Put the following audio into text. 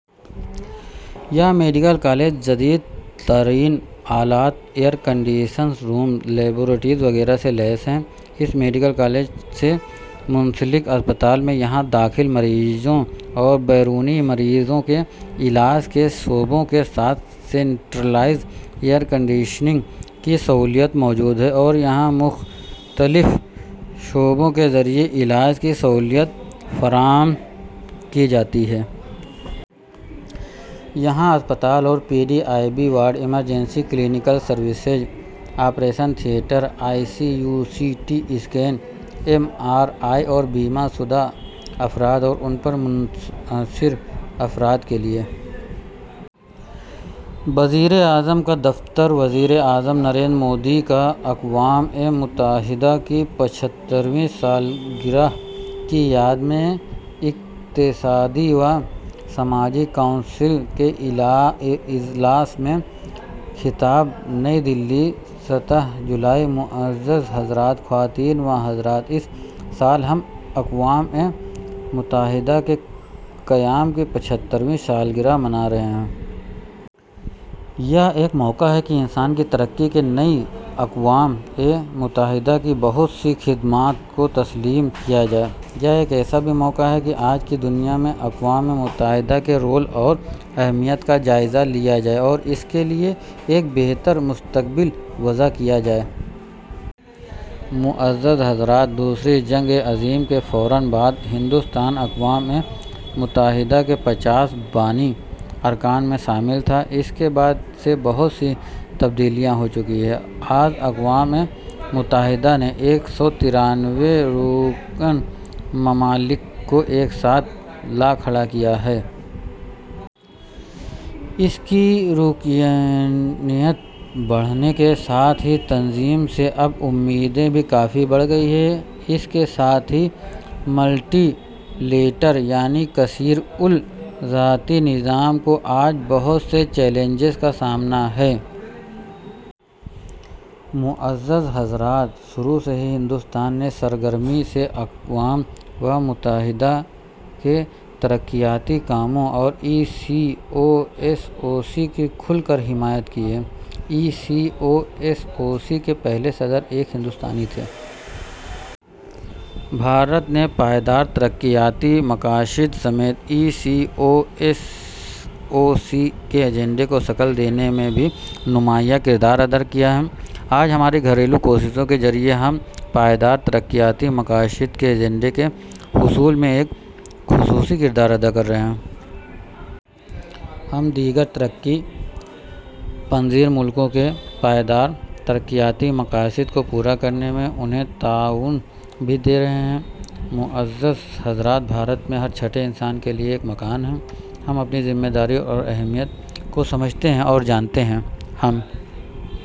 یہ medical college جدید ترین آلات، ایئر کنڈیشنڈ رومز، لیبارٹریز وغیرہ سے لیس ہیں۔ اس میڈیکل کالج سے منسلک اسپتال میں یہاں داخل مریضوں اور بیرونی مریضوں کے علاج کے شعبوں کے ساتھ سینٹرلائزڈ ایئر کنڈیشننگ کی سہولت موجود ہے اور یہاں مختلف شعبوں کے ذریعے علاج کی سہولت فراہم کی جاتی ہے۔ یہاں اسپتال اور P D, I B D ward, emergency, clinical services, operation theatre, I C U, C T scan, M R I اور بیمہ شدہ افراد اور ان پر منحصر افراد کے لیے۔ وزیراعظم کا دفتر وزیر اعظم نریندر مودی کا اقوام متحدہ کی پچھترویں سالگرہ کی یاد میں اقتصادی و سماجی کونسل کے اجلاس میں خطاب۔ نئی دہلی، سترہ جولائی۔ معزز حضرات، خواتین و حضرات، اس سال ہم اقوام متحدہ کے قیام کی پچھترویں سالگرہ منا رہے ہیں۔ یہ ایک موقع ہے کہ انسان کی ترقی کے تئیں اقوام متحدہ کی بہت سی خدمات کو تسلیم کیا جائے۔ یہ ایک ایسا بھی موقع ہے کہ آج کی دنیا میں اقوام متحدہ کے رول اور اہمیت کا جائزہ لیا جائے اور اس کے لیے ایک بہتر مستقبل وضع کیا جائے۔ معزز حضرات، دوسری جنگ عظیم کے فوراً بعد ہندوستان اقوام متحدہ کے پچاس بانی ارکان میں شامل تھا۔ اس کے بعد سے بہت سی تبدیلیاں ہو چکی ہیں۔ آج اقوام متحدہ نے ایک سو ترانوے رکن ممالک کو ایک ساتھ لا کھڑا کیا ہے۔ اس کی رکنیت بڑھنے کے ساتھ ہی تنظیم سے اب امیدیں بھی کافی بڑھ گئی ہیں۔ اس کے ساتھ ہی ملٹی لیٹرل یعنی کثیر الجہتی نظام کو آج بہت سے چیلنجز کا سامنا ہے۔ معزز حضرات، شروع سے ہی ہندوستان نے سرگرمی سے اقوام متحدہ کے ترقیاتی کاموں اور ای سی او ایس او سی کی کھل کر حمایت کی ہے۔ ای سی او ایس او سی کے پہلے صدر ایک ہندوستانی تھے۔ بھارت نے پائیدار ترقیاتی مقاصد سمیت ای سی او ایس او سی کے ایجنڈے کو شکل دینے میں بھی نمایاں کردار ادا کیا۔ آج ہماری گھریلو کوششوں کے ذریعے ہم پائیدار ترقیاتی مقاصد کے ایجنڈے کے حصول میں ایک خصوصی کردار ادا کر رہے ہیں۔ ہم دیگر ترقی پذیر ملکوں کے پائیدار ترقیاتی مقاصد کو پورا کرنے میں انہیں تعاون بھی دے رہے ہیں۔ معزز حضرات، بھارت میں ہر چھٹے انسان کے لیے ایک مکان ہے۔ ہم اپنی ذمہ داری اور اہمیت کو سمجھتے ہیں اور جانتے ہیں۔ ہم